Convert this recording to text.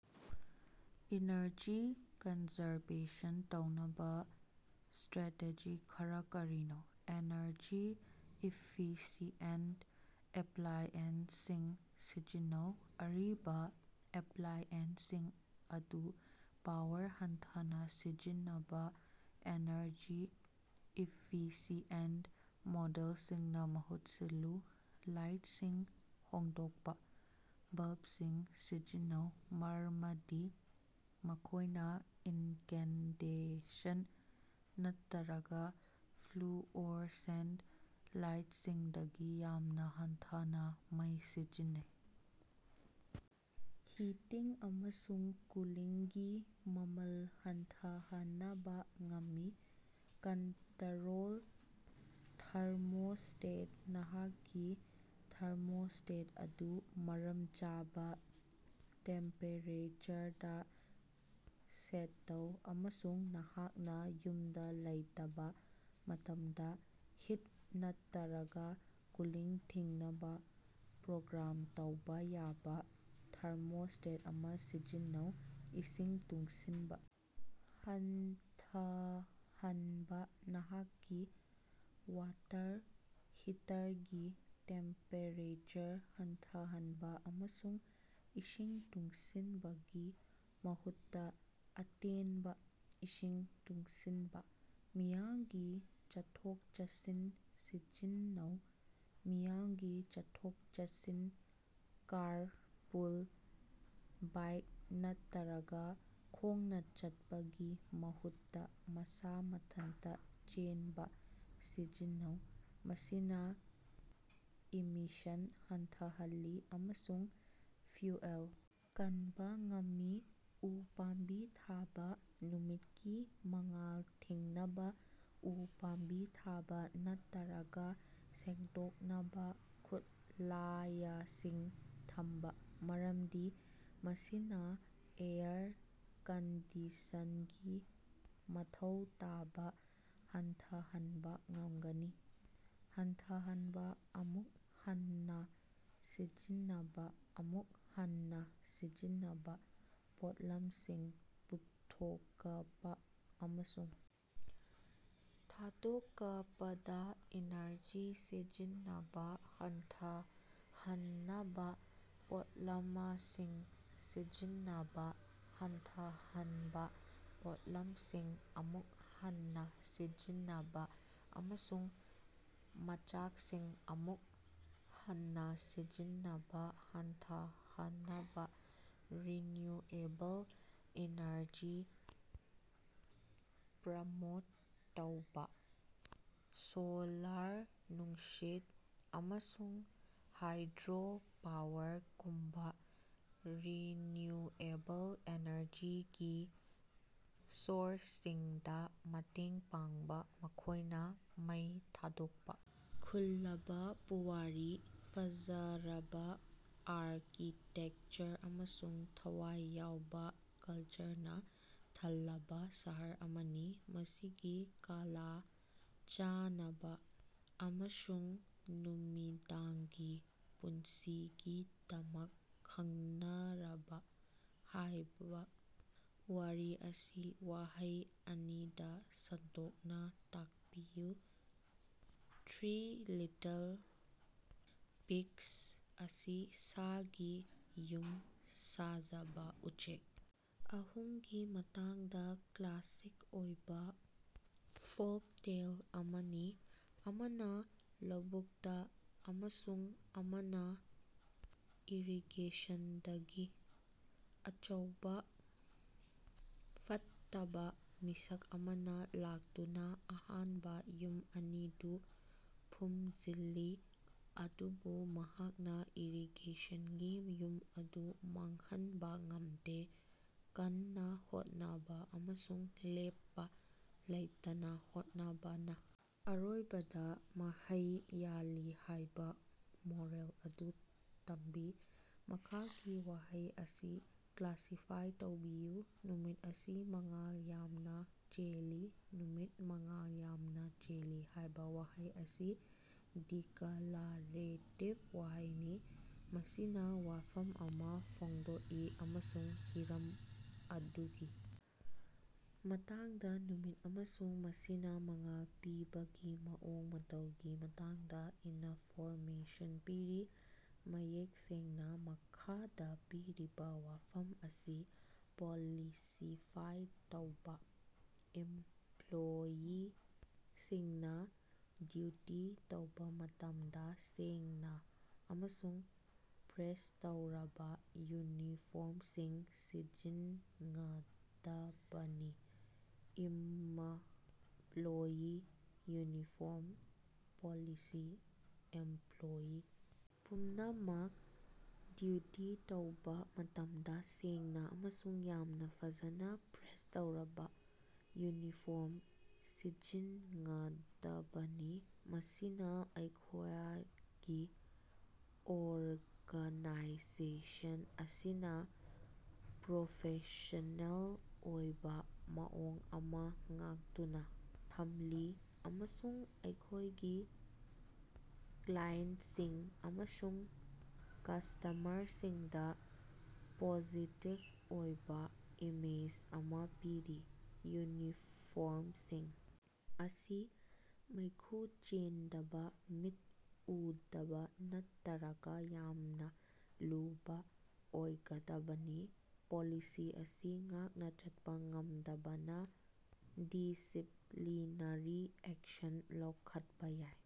Energy conservation ꯇꯧꯅꯕ strategy ꯈꯔꯥ ꯀꯔꯤꯅꯣ? ꯑꯦꯅꯔꯖꯤ-ꯏꯐꯤꯁꯤꯑꯦꯟꯠ ꯑꯦꯄ꯭ꯂꯥꯏꯑꯦꯟꯁꯁꯤꯡ ꯁꯤꯖꯤꯟꯅꯧ: ꯑꯔꯤꯕꯥ ꯑꯦꯞꯂꯥꯏꯑꯦꯟꯁꯁꯤꯡ ꯑꯗꯨ ꯄꯥꯋꯔ ꯍꯟꯊꯅꯥ ꯁꯤꯖꯤꯟꯅꯕꯥ ꯑꯦꯅꯔꯖꯤ-ꯏꯐꯤꯁꯤꯑꯦꯟꯠ ꯃꯣꯗꯦꯜꯁꯤꯡꯅ ꯃꯍꯨꯠ ꯁꯤꯜꯂꯨ꯫ ꯂꯥꯏꯠꯁꯤꯡ ꯍꯣꯡꯗꯣꯛꯄ: ꯕꯜꯕꯁꯤꯡ ꯁꯤꯖꯤꯟꯅꯧ ꯃꯔꯃꯗꯤ ꯃꯈꯣꯏꯅ ꯏꯟꯀꯦꯟꯗꯦꯁꯟ ꯅꯠꯇꯔꯒ ꯐ꯭ꯂꯨꯑꯣꯔꯁꯦꯟꯇ ꯂꯥꯏꯇꯁꯤꯡꯗꯒꯤ ꯌꯥꯝꯅꯥ ꯍꯟꯊꯅꯥ ꯃꯩ ꯁꯤꯖꯤꯟꯅꯩ꯫ ꯍꯤꯇꯤꯡ ꯑꯃꯁꯨꯡ ꯀꯨꯂꯤꯡꯒꯤ ꯃꯃꯜ ꯍꯟꯊꯍꯅꯕꯥ ꯉꯝꯃꯤ꯫ ꯀꯟꯇꯔꯣꯜ ꯊꯥꯔꯃꯣꯁ꯭ꯇꯦꯠ: ꯅꯍꯥꯛꯀꯤ ꯊꯥꯔꯃꯣꯁ꯭ꯇꯦꯠ ꯑꯗꯨ ꯃꯔꯝ ꯆꯥꯕꯥ ꯇꯦꯝꯄꯦꯔꯦꯆꯔꯗꯥ ꯁꯦꯠ ꯇꯧ, ꯑꯃꯁꯨꯡ ꯅꯍꯥꯛꯅꯥ ꯌꯨꯝꯗꯥ ꯂꯩꯇꯕꯥ ꯃꯇꯝꯗꯥ ꯍꯤꯠ ꯅꯠꯇꯔꯒꯥ ꯀꯨꯂꯤꯡ ꯊꯤꯡꯅꯕ ꯄ꯭ꯔꯣꯒ꯭ꯔꯥꯝ ꯇꯧꯕꯥ ꯌꯥꯕ ꯊꯥꯔꯃꯣꯁ꯭ꯇꯦꯠ ꯑꯃ ꯁꯤꯖꯤꯟꯅꯧ꯫ ꯏꯁꯤꯡ ꯇꯨꯡꯁꯤꯟꯕ ꯍꯟꯊꯍꯟꯕ: ꯅꯍꯥꯛꯀꯤ ꯋꯥꯇꯔ ꯍꯤꯇꯔꯒꯤ ꯇꯦꯝꯄꯦꯔꯦꯆꯔ ꯍꯟꯊꯍꯟꯕ, ꯑꯃꯁꯨꯡ ꯏꯁꯤꯡ ꯇꯨꯡꯁꯤꯟꯕꯒꯤ ꯃꯍꯨꯠꯇ ꯑꯇꯦꯟꯕ ꯏꯁꯤꯡ ꯇꯨꯡꯁꯤꯟꯕꯥ꯫ ꯃꯤꯌꯥꯝꯒꯤ ꯆꯠꯊꯣꯛ-ꯆꯠꯁꯤꯟ ꯁꯤꯖꯤꯟꯅꯧ: ꯃꯤꯌꯥꯝꯒꯤ ꯆꯠꯊꯣꯛ-ꯆꯠꯁꯤꯟ, ꯀꯥꯔꯄꯨꯜ, ꯕꯥꯏꯛ ꯅꯠꯇꯔꯒ ꯈꯣꯡꯅ ꯆꯠꯄꯒꯤ ꯃꯍꯨꯠꯇ ꯃꯁꯥ ꯃꯊꯟꯇ ꯆꯦꯟꯕꯥ ꯁꯤꯖꯤꯟꯅꯧ꯫ ꯃꯁꯤꯅ ꯏꯃꯤꯁꯟ ꯍꯟꯊꯍꯜꯂꯤ ꯑꯃꯁꯨꯡ ꯐ꯭ꯌꯨꯑꯦꯜ ꯀꯟꯕ ꯉꯝꯃꯤ꯫ ꯎ ꯄꯥꯝꯕꯤ ꯊꯥꯕ: ꯅꯨꯃꯤꯠꯀꯤ ꯃꯉꯥꯜ ꯊꯤꯡꯅꯕ ꯎ ꯄꯥꯝꯕꯤ ꯊꯥꯕ ꯅꯠꯇꯔꯒ ꯁꯦꯡꯗꯣꯛꯅꯕꯥ ꯈꯨꯠꯂꯥꯌꯁꯤꯡ ꯊꯝꯕ, ꯃꯔꯝꯗꯤ ꯃꯁꯤꯅꯥ ꯑꯦꯌꯔ ꯀꯟꯗꯤꯁꯟꯒꯤ ꯃꯊꯧ ꯇꯥꯕ ꯍꯟꯊꯍꯟꯕꯥ ꯉꯝꯒꯅꯤ꯫ ꯍꯟꯊꯍꯟꯕ, ꯑꯃꯨꯛ ꯍꯟꯅꯥ ꯁꯤꯖꯤꯟꯅꯕꯥ, ꯑꯃꯨꯛ ꯍꯟꯅꯥ ꯁꯤꯖꯤꯟꯅꯕꯥ: ꯄꯣꯠꯂꯝꯁꯤꯡ ꯄꯨꯊꯣꯛꯄꯥ ꯑꯃꯁꯨꯡ ꯊꯥꯗꯣꯛꯄꯗꯥ ꯏꯅꯔꯖꯤ ꯁꯤꯖꯤꯟꯅꯕꯥ ꯍꯟꯊꯍꯟꯅꯕꯥ ꯄꯣꯠꯂꯃꯁꯤꯡ ꯁꯤꯖꯤꯟꯅꯕꯥ ꯍꯟꯊꯍꯟꯕꯥ, ꯄꯣꯠꯂꯝꯁꯤꯡ ꯑꯃꯨꯛ ꯍꯟꯅꯥ ꯁꯤꯖꯤꯟꯅꯕꯥ, ꯑꯃꯁꯨꯡ ꯃꯆꯥꯛꯁꯤꯡ ꯑꯃꯨꯛ ꯍꯟꯅꯥ ꯁꯤꯖꯤꯟꯅꯕꯥ ꯍꯟꯊꯍꯅꯕꯥ꯫ ꯔꯤꯅ꯭ꯌꯨꯑꯦꯕꯜ ꯏꯅꯔꯖꯤ ꯄ꯭ꯔꯃꯣꯠ ꯇꯧꯕꯥ: ꯁꯣꯂꯥꯔ, ꯅꯨꯡꯁꯤꯠ, ꯑꯃꯁꯨꯡ ꯍꯥꯏꯗ꯭ꯔꯣꯄꯥꯋꯔꯒꯨꯝꯕꯥ ꯔꯤꯅ꯭ꯌꯨꯑꯦꯕꯜ ꯏꯅꯔꯖꯤꯒꯤ ꯁꯣꯔꯁꯁꯤꯡꯗꯥ ꯃꯇꯦꯡ ꯄꯥꯡꯕꯥ, ꯃꯈꯣꯏꯅꯥ ꯃꯩ ꯊꯥꯗꯣꯛꯄꯥ ꯈꯨꯜꯂꯕ ꯄꯨꯋꯥꯔꯤ, ꯐꯖꯔꯕꯥ ꯑꯥꯔꯀꯤꯇꯦꯛꯆꯔ ꯑꯃꯁꯨꯡ ꯊꯋꯥꯏ ꯌꯥꯎꯕꯥ ꯀꯜꯆꯔꯅꯥ ꯊꯜꯂꯕꯥ ꯁꯍꯔ ꯑꯃꯅꯤ꯫ ꯃꯁꯤꯒꯤ ꯀꯂꯥ, ꯆꯥꯅꯕ, ꯑꯃꯁꯨꯡ ꯅꯨꯃꯤꯗꯥꯡꯒꯤ ꯄꯨꯟꯁꯤꯒꯤꯗꯃꯛ ꯈꯪꯅꯔꯕꯥ꯫ ꯍꯥꯏꯕꯥ ꯋꯥꯔꯤ ꯑꯁꯤ ꯋꯥꯍꯩ ꯑꯅꯤꯗ ꯁꯟꯗꯣꯛꯅ ꯇꯥꯛꯄꯤꯌꯨ꯫ ꯊ꯭ꯔꯤ ꯂꯤꯇꯜ ꯄꯤꯒꯁ ꯑꯁꯤ ꯁꯥꯒꯤ ꯌꯨꯝ ꯁꯥꯖꯕ ꯎꯆꯦꯛ ꯑꯍꯨꯝꯒꯤ ꯃꯇꯥꯡꯗꯥ ꯀ꯭ꯂꯥꯁꯤꯛ ꯑꯣꯏꯕ ꯐꯣꯜꯛꯇꯦꯜ ꯑꯃꯅꯤ, ꯑꯃꯅ ꯂꯧꯕꯨꯛꯇ, ꯑꯃꯁꯨꯡ ꯑꯃꯅꯥ ꯏꯔꯤꯒꯦꯁꯟꯗꯒꯤ꯫ ꯑꯆꯧꯕꯥ ꯐꯠꯇꯕ ꯃꯤꯁꯛ ꯑꯃꯅ ꯂꯥꯛꯇꯨꯅꯥ ꯑꯍꯥꯟꯕꯥ ꯌꯨꯝ ꯑꯅꯤꯗꯨ ꯐꯨꯝꯖꯤꯜꯂꯤ, ꯑꯗꯨꯕꯨ ꯃꯍꯥꯛꯅ ꯏꯔꯤꯒꯦꯁꯟꯒꯤ ꯌꯨꯝ ꯑꯗꯨ ꯃꯥꯡꯍꯟꯕꯥ ꯉꯝꯗꯦ, ꯀꯟꯅ ꯍꯣꯠꯅꯕ ꯑꯃꯁꯨꯡ ꯂꯦꯞꯄꯥ ꯂꯩꯇꯅꯥ ꯍꯣꯠꯅꯕꯅꯥ ꯑꯔꯣꯏꯕꯗꯥ ꯃꯍꯩ ꯌꯥꯜꯂꯤ ꯍꯥꯏꯕꯥ ꯃꯣꯔꯦꯜ ꯑꯗꯨ ꯇꯝꯕꯤ꯫ ꯃꯈꯥꯒꯤ ꯋꯥꯍꯩ ꯑꯁꯤ ꯀ꯭ꯂꯥꯁꯤꯐꯥꯏ ꯇꯧꯕꯤꯌꯨ: "ꯅꯨꯃꯤꯠ ꯑꯁꯤ ꯃꯉꯥꯜ ꯌꯥꯝꯅꯥ ꯆꯦꯜꯂꯤ꯫" "ꯅꯨꯃꯤꯠ ꯃꯉꯥꯜ ꯌꯥꯝꯅꯥ ꯆꯦꯜꯂꯤ" ꯍꯥꯏꯕ ꯋꯥꯍꯩ ꯑꯁꯤ ꯗꯤꯀꯂꯥꯔꯦꯇꯤꯕ ꯋꯥꯍꯩꯅꯤ꯫ ꯃꯁꯤꯅ ꯋꯥꯐꯝ ꯑꯃ ꯐꯣꯡꯗꯣꯛꯏ ꯑꯃꯁꯨꯡ ꯍꯤꯔꯝ ꯑꯗꯨꯒꯤ ꯃꯇꯥꯡꯗꯥ, ꯅꯨꯃꯤꯠ, ꯑꯃꯁꯨꯡ ꯃꯁꯤꯅꯥ ꯃꯉꯥꯜ ꯄꯤꯕꯒꯤ ꯃꯑꯣꯡ ꯃꯇꯧꯒꯤ ꯃꯇꯥꯡꯗꯥ ꯏꯅꯐꯣꯔꯃꯦꯁꯟ ꯄꯤꯔꯤ, ꯃꯌꯦꯛ ꯁꯦꯡꯅꯥ꯫ ꯃꯈꯥꯗꯥ ꯄꯤꯔꯤꯕꯥ ꯋꯥꯐꯝ ꯑꯁꯤ ꯄꯣꯂꯤꯁꯤ-ꯐꯥꯏ ꯇꯧꯕꯥ꯫ ꯏꯝꯄ꯭ꯂꯣꯌꯤꯁꯤꯡꯅ ꯗ꯭ꯌꯨꯇꯤ ꯇꯧꯕ ꯃꯇꯝꯗꯥ ꯁꯦꯡꯅꯥ ꯑꯃꯁꯨꯡ ꯄ꯭ꯔꯦꯁ ꯇꯧꯔꯕꯥ ꯌꯨꯅꯤꯐꯣ꯭ꯔꯝꯁꯤꯡ ꯁꯤꯖꯤꯟꯉꯗꯕꯅꯤ꯫ ꯏꯃꯞꯂꯣꯌꯤ ꯌꯨꯅꯤꯐꯣ꯭ꯔꯝ ꯄꯣꯂꯤꯁꯤ: ꯏꯝꯄ꯭ꯂꯣꯌꯤ ꯄꯨꯝꯅꯃꯛꯅꯥ ꯗ꯭ꯌꯨꯇꯤ ꯇꯧꯕꯥ ꯃꯇꯝꯗꯥ ꯁꯦꯡꯅꯥ ꯑꯃꯁꯨꯡ ꯌꯥꯝꯅꯥ ꯐꯖꯅꯥ ꯄ꯭ꯔꯦꯁ ꯇꯧꯔꯕꯥ ꯌꯨꯅꯤꯐꯣ꯭ꯔꯝ ꯁꯤꯖꯤꯟꯉꯗꯕꯅꯤ꯫ ꯃꯁꯤꯅꯥ ꯑꯩꯈꯣꯌꯒꯤ ꯑꯣꯔꯒꯅꯥꯏꯖꯦꯁꯟ ꯑꯁꯤꯅꯥ ꯄ꯭ꯔꯣꯐꯦꯁ꯭ꯅꯦꯜ ꯑꯣꯏꯕꯥ ꯃꯑꯣꯡ ꯑꯃ ꯉꯥꯛꯇꯨꯅ ꯊꯝꯂꯤ ꯑꯃꯁꯨꯡ ꯑꯩꯈꯣꯏꯒꯤ ꯀ꯭ꯂꯥꯏꯟꯠꯁꯤꯡ ꯑꯃꯁꯨꯡ ꯀꯁ꯭ꯇꯃꯔꯁꯤꯡꯗꯥ ꯄꯣꯖꯤꯇꯤꯕ ꯑꯣꯏꯕꯥ ꯏꯃꯦꯖ ꯑꯃ ꯄꯤꯔꯤ꯫ ꯌꯨꯅꯤꯐ꯭ꯣꯔꯝꯁꯤꯡ ꯑꯁꯤ ꯃꯩꯈꯨ ꯆꯦꯟꯗꯕ, ꯃꯤꯠ ꯎꯗꯕ ꯅꯠꯇꯔꯒ ꯌꯥꯝꯅ ꯂꯨꯕꯥ ꯑꯣꯏꯒꯗꯕꯅꯤ꯫ ꯄꯣꯂꯤꯁꯤ ꯑꯁꯤ ꯉꯥꯛꯅ ꯆꯠꯄ ꯉꯝꯗꯕꯅ ꯗꯤꯁꯤꯞꯂꯤꯅꯔꯤ ꯑꯦꯛꯁꯟ ꯂꯧꯈꯠꯄꯥ ꯌꯥꯏ꯫